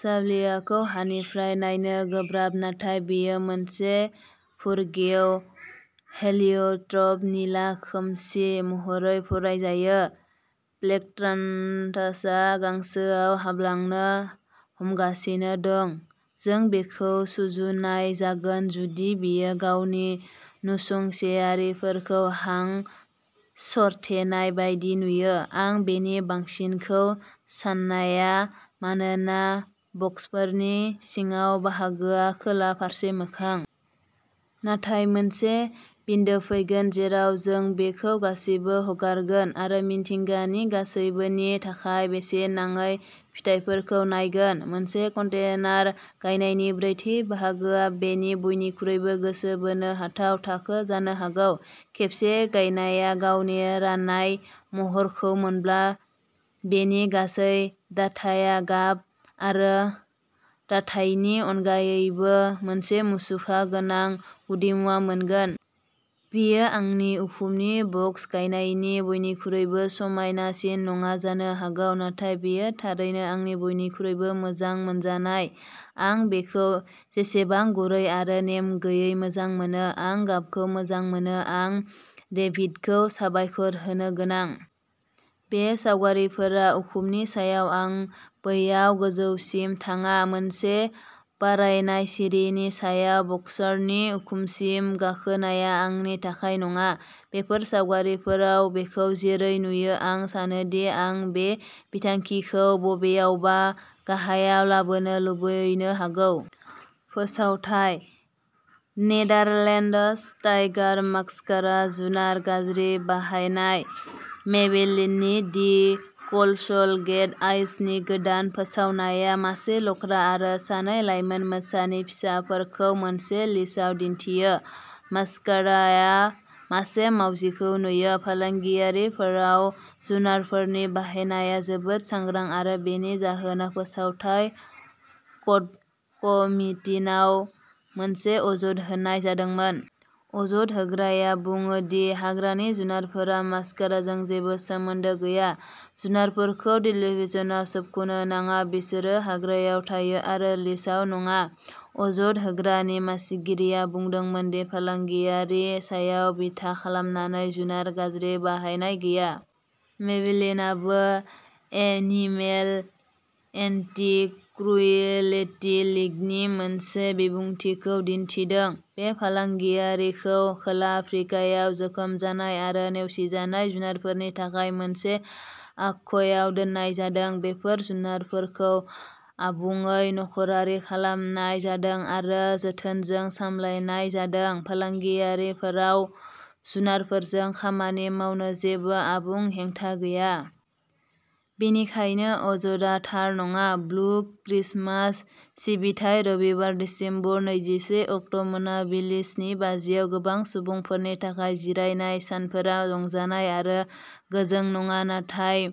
साल्वियाखौ हानिफ्राय नायनो गोब्राब नाथाय बेयो मोनसे फुरगेव हेलियट्रप निला खोमसि महरै फरायजायो। प्लेक्ट्रान्थासआ गांसोआव हाबलांनो हमगासिनो दं। जों बेखौ सुजुनाय जागोन जुदि बेयो गावनि नसुंसेयारिफोरखौ हां सरथेनाय बायदि नुयो। आं बेनि बांसिनखौ सान्नाङा मानोना बक्सफोरनि सिगां बाहागोआ खोला फारसे मोखां। नाथाय मोनसे बिन्दो फैगोन जेराव जों बेखौ गासिबो हगारगोन आरो मिथिंगानि गासैबोनि थाखाय बेसेन नाङै फिथायफोरखौ नायगोन। मोनसे कन्टेनार गायनायनि ब्रैथि बाहागोआ बेनि बयनिख्रुइबो गोसो बोनो हाथाव थाखो जानो हागौ। खेबसे गायनाया गावनि रानाय महरखौ मोनब्ला बेनि गासै दाथाया गाब आरो दाथायनि अनगायैबो मोनसे मुसुखा गोनां गुदिमुवा मोनगोन। बेयो आंनि उखुमनि बक्स गायनायनि बयनिख्रुइबो समायनासिन नङा जानो हागौ नाथाय बेयो थारैनो आंनि बयनिख्रुइबो मोजां मोनजानाय। आं बेखौ बेसेबां गुरै आरो नेम गैयै मोजां मोनो। आं गाबखौ मोजां मोनो। आं डेभिडखौ साबायखर होनो गोनां। बे सावगारिफोरा उखुमनि सायाव आं बैयाव गोजौसिम थाङा। मोनसे बारायनाय सिरिनि सायाव वर्क्सनि उखुमसिम गाखोनाया आंनि थाखाय नङा। बेफोर सावगारिफोराव बेखौ जेरै नुयो आं सानो दि आं बे बिथांखिखौ बबेयावबा गाहायाव लाबोनो लुबैनो हागौ। फोसावथाय नेदारलेन्डस टाइगार मास्कारा जुनार गाज्रि बाहायनाय? मेबेलिननि दि कल'सल केट आइजनि गोदान फोसावनाया मासे लख्रा आरो सानै लाइमोन मोसानि फिसाफोरखौ मोनसे लिशआव दिन्थियो। मस्कारा आ मासे मावजिखौ नुयो। फालांगियारिफोराव जुनारफोरनि बाहायनाया जोबोद सांग्रां आरो बेनि जाहोनाव फोसावथाय कड कमितिनाव मोनसे अजद होनाय जादोंमोन। अजद होग्राया बुङो दि हाग्रानि जुनारफोरा मास्काराजों जेबो सोमोन्दो गैया। जुनारफोरखौ टेलिभिजनआव सोबख'नो नाङा बिसोरो हाग्रायाव थायो आरो लिशआव नङा। अजद होग्रानि मासिगिरिया बुंदोंमोन दि फालांगियारि सायाव बिथा खालामनानै जुनार गाज्रि बाहायनाय गैया। मेबेलिनआबो एनिमेल एन्टी क्रुएल्टी लीगनि मोनसे बिबुंथिखौ दिन्थिदों। बे फालांगियारिखौ खोला आफ्रिकायाव जोखोम जानाय आरो नेवसिजानाय जुनारफोरनि थाखाय मोनसे आश्रयआव दोननाय जादों। बेफोर जुनारफोरखौ आबुङै न'खरारि खालामनाय जादों आरो जोथोनजों सामलायनाय जादों। फालांगियारिफोराव जुनारफोरजों खामानि मावनो जेबो आबुं हेंथा गैया। बेनिखायनो अजदआ थार नङा। ब्लु क्रिसमास सिबिथाइ रबिबार, दिसेम्बर नैजिसे अक्ट' मोनाबिलि स्नि बाजिआव गोबां सुबुंफोरनि थाखाय जिरायनाय सानफोरा रंजानाय आरो गोजों नङा नाथाय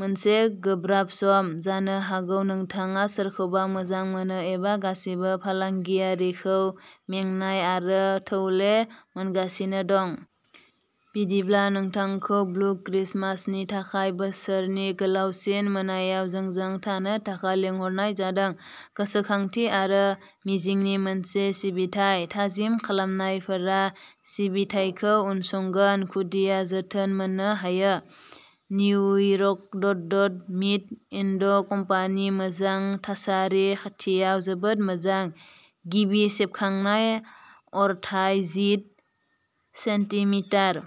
मोनसे गोब्राब सम। जानो हागौ नोंथाङा सोरखौबा मोजां मोनो एबा गासिबो फालांगियारिखौ मेंनाय आरो थौले मोनगासिनो दं। बिदिब्ला नोंथांखौ ब्लु क्रिसमास' नि थाखाय बोसोरनि गोलावसिन मोनायाव जोंजों थानो थाखाय लिंहरनाय जादों गोसोखांथि आरो मिजिंनि मोनसे सिबिथाइ। थाजिम खालामनायफोरा सिबिथायखौ उनसंगोन। खुदिया जोथोन मोननो हायो। New York Dodd, Mead, and Company मोजां थासारि खाथियाव जोबोद मोजां। गिबि सेबखांनाय। अरथाइ जिद' सेन्टिमिटार ।